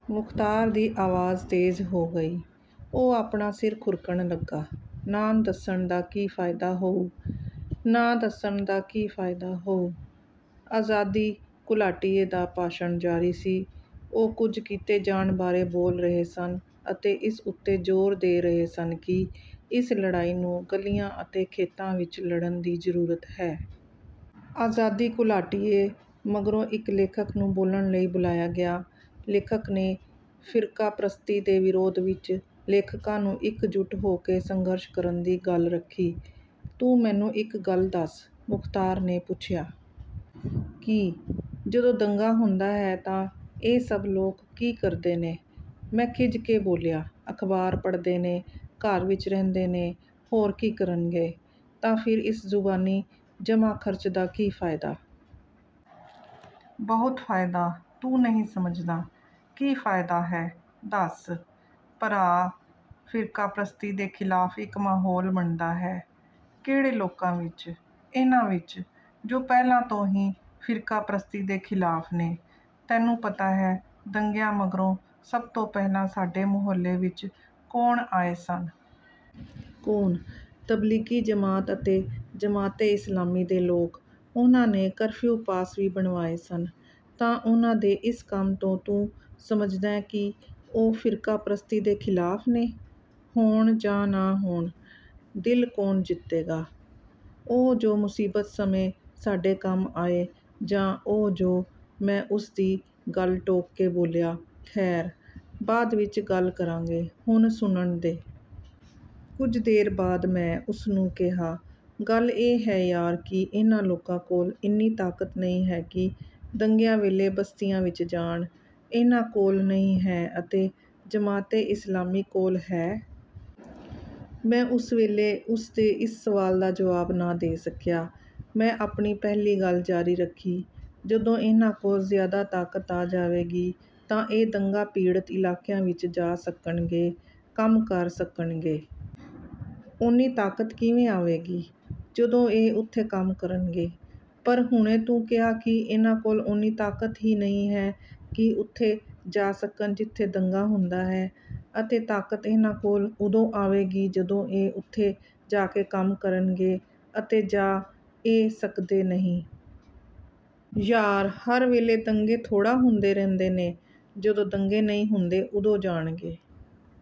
ਮੁਖ਼ਤਾਰ ਦੀ ਆਵਾਜ਼ ਤੇਜ਼ ਹੋ ਗਈ। ਉਹ ਆਪਣਾ ਸਿਰ ਖੁਰਕਣ ਲੱਗਾ, "ਨਾਮ ਦੱਸਣ ਦਾ ਕੀ ਫ਼ਾਇਦਾ ਹੋਊ?" "ਨਾ ਦੱਸਣ ਦਾ ਕੀ ਫ਼ਾਇਦਾ ਹੋਊ?" ਆਜ਼ਾਦੀ ਘੁਲਾਟੀਏ ਦਾ ਭਾਸ਼ਣ ਜਾਰੀ ਸੀ। ਉਹ ਕੁਝ ਕੀਤੇ ਜਾਣ ਬਾਰੇ ਬੋਲ ਰਹੇ ਸਨ ਅਤੇ ਇਸ ਉੱਤੇ ਜ਼ੋਰ ਦੇ ਰਹੇ ਸਨ ਕਿ ਇਸ ਲੜਾਈ ਨੂੰ ਗਲੀਆਂ ਅਤੇ ਖੇਤਾਂ ਵਿੱਚ ਲੜਨ ਦੀ ਜ਼ਰੂਰਤ ਹੈ। ਆਜ਼ਾਦੀ ਘੁਲਾਟੀਏ ਮਗਰੋਂ ਇੱਕ ਲੇਖਕ ਨੂੰ ਬੋਲਣ ਲਈ ਬੁਲਾਇਆ ਗਿਆ। ਲੇਖਕ ਨੇ ਫ਼ਿਰਕਾਪ੍ਰਸਤੀ ਦੇ ਵਿਰੋਧ ਵਿੱਚ ਲੇਖਕਾਂ ਨੂੰ ਇੱਕਜੁਟ ਹੋ ਕੇ ਸੰਘਰਸ਼ ਕਰਨ ਦੀ ਗੱਲ ਰੱਖੀ। "ਤੂੰ ਮੈਨੂੰ ਇੱਕ ਗੱਲ ਦੱਸ," ਮੁਖ਼ਤਾਰ ਨੇ ਪੁੱਛਿਆ। "ਕੀ?" "ਜਦੋਂ ਦੰਗਾ ਹੁੰਦਾ ਹੈ ਤਾਂ ਇਹ ਸਭ ਲੋਕ ਕੀ ਕਰਦੇ ਨੇ?" ਮੈਂ ਖਿੱਝ ਕੇ ਬੋਲਿਆ, "ਅਖ਼ਬਾਰ ਪੜ੍ਹਦੇ ਨੇ, ਘਰ ਵਿੱਚ ਰਹਿੰਦੇ ਨੇ, ਹੋਰ ਕੀ ਕਰਨਗੇ?" "ਤਾਂ ਫਿਰ ਇਸ ਜ਼ੁਬਾਨੀ ਜਮ੍ਹਾਂ-ਖ਼ਰਚ ਦਾ ਕੀ ਫ਼ਾਇਦਾ?" "ਬਹੁਤ ਫ਼ਾਇਦਾ, ਤੂੰ ਨਹੀਂ ਸਮਝਦਾ।" "ਕੀ ਫ਼ਾਇਦਾ ਹੈ, ਦੱਸ?" "ਭਰਾ, ਫ਼ਿਰਕਾਪ੍ਰਸਤੀ ਦੇ ਖ਼ਿਲਾਫ਼ ਇੱਕ ਮਾਹੌਲ ਬਣਦਾ ਹੈ।" "ਕਿਹੜੇ ਲੋਕਾਂ ਵਿੱਚ? ਇਹਨਾਂ ਵਿੱਚ, ਜੋ ਪਹਿਲਾਂ ਤੋਂ ਹੀ ਫ਼ਿਰਕਾਪ੍ਰਸਤੀ ਦੇ ਖ਼ਿਲਾਫ਼ ਨੇ? ਤੈਨੂੰ ਪਤਾ ਹੈ ਦੰਗਿਆਂ ਮਗਰੋਂ ਸਭ ਤੋਂ ਪਹਿਲਾਂ ਸਾਡੇ ਮੁਹੱਲੇ ਵਿੱਚ ਕੌਣ ਆਏ ਸਨ?" "ਕੌਣ?" "ਤਬਲੀਗੀ ਜਮਾਤ ਅਤੇ ਜਮਾਤ-ਏ-ਇਸਲਾਮੀ ਦੇ ਲੋਕ! ਉਹਨਾਂ ਨੇ ਕਰਫ਼ਿਊ ਪਾਸ ਵੀ ਬਣਵਾਏ ਸਨ।" "ਤਾਂ ਉਹਨਾਂ ਦੇ ਇਸ ਕੰਮ ਤੋਂ ਤੂੰ ਸਮਝਦੈਂ ਕਿ ਉਹ ਫ਼ਿਰਕਾਪ੍ਰਸਤੀ ਦੇ ਖ਼ਿਲਾਫ਼ ਨੇ?" "ਹੋਣ ਜਾਂ ਨਾ ਹੋਣ, ਦਿਲ ਕੌਣ ਜਿੱਤੇਗਾ—ਉਹ ਜੋ ਮੁਸੀਬਤ ਸਮੇਂ ਸਾਡੇ ਕੰਮ ਆਏ ਜਾਂ ਉਹ ਜੋ—" ਮੈਂ ਉਸ ਦੀ ਗੱਲ ਟੋਕ ਕੇ ਬੋਲਿਆ, "ਖ਼ੈਰ, ਬਾਅਦ ਵਿੱਚ ਗੱਲ ਕਰਾਂਗੇ, ਹੁਣ ਸੁਣਨ ਦੇ।" ਕੁਝ ਦੇਰ ਬਾਅਦ ਮੈਂ ਉਸ ਨੂੰ ਕਿਹਾ, "ਗੱਲ ਇਹ ਹੈ ਯਾਰ ਕਿ ਇਹਨਾਂ ਲੋਕਾਂ ਕੋਲ਼ ਇੰਨੀ ਤਾਕਤ ਨਹੀਂ ਹੈ ਕਿ ਦੰਗਿਆਂ ਵੇਲੇ ਬਸਤੀਆਂ ਵਿੱਚ ਜਾਣ।" "ਇਹਨਾਂ ਕੋਲ਼ ਨਹੀਂ ਹੈ ਅਤੇ ਜਮਾਤ-ਏ-ਇਸਲਾਮੀ ਕੋਲ਼ ਹੈ?" ਮੈਂ ਉਸ ਵੇਲੇ ਉਸ ਦੇ ਇਸ ਸਵਾਲ ਦਾ ਜਵਾਬ ਨਾ ਦੇ ਸਕਿਆ। ਮੈਂ ਆਪਣੀ ਪਹਿਲੀ ਗੱਲ ਜਾਰੀ ਰੱਖੀ, "ਜਦੋਂ ਇਹਨਾਂ ਕੋਲ਼ ਜ਼ਿਆਦਾ ਤਾਕਤ ਆ ਜਾਵੇਗੀ ਤਾਂ ਇਹ ਦੰਗਾ-ਪੀੜਤ ਇਲਾਕਿਆਂ ਵਿੱਚ ਜਾ ਸਕਣਗੇ, ਕੰਮ ਕਰ ਸਕਣਗੇ।" "ਓਨੀ ਤਾਕਤ ਕਿਵੇਂ ਆਵੇਗੀ?" "ਜਦੋਂ ਇਹ ਉੱਥੇ ਕੰਮ ਕਰਨਗੇ।" "ਪਰ ਹੁਣੇ ਤੂੰ ਕਿਹਾ ਕਿ ਇਹਨਾਂ ਕੋਲ਼ ਓਨੀ ਤਾਕਤ ਹੀ ਨਹੀਂ ਹੈ ਕਿ ਉੱਥੇ ਜਾ ਸਕਣ ਜਿੱਥੇ ਦੰਗਾ ਹੁੰਦਾ ਹੈ, ਅਤੇ ਤਾਕਤ ਇਹਨਾਂ ਕੋਲ਼ ਉਦੋਂ ਆਵੇਗੀ ਜਦੋਂ ਇਹ ਉੱਥੇ ਜਾ ਕੇ ਕੰਮ ਕਰਨਗੇ—ਅਤੇ ਜਾ ਇਹ ਸਕਦੇ ਨਹੀਂ।" "ਯਾਰ, ਹਰ ਵੇਲੇ ਦੰਗੇ ਥੋੜ੍ਹਾ ਹੁੰਦੇ ਰਹਿੰਦੇ ਨੇ! ਜਦੋਂ ਦੰਗੇ ਨਹੀਂ ਹੁੰਦੇ, ਉਦੋਂ ਜਾਣਗੇ।"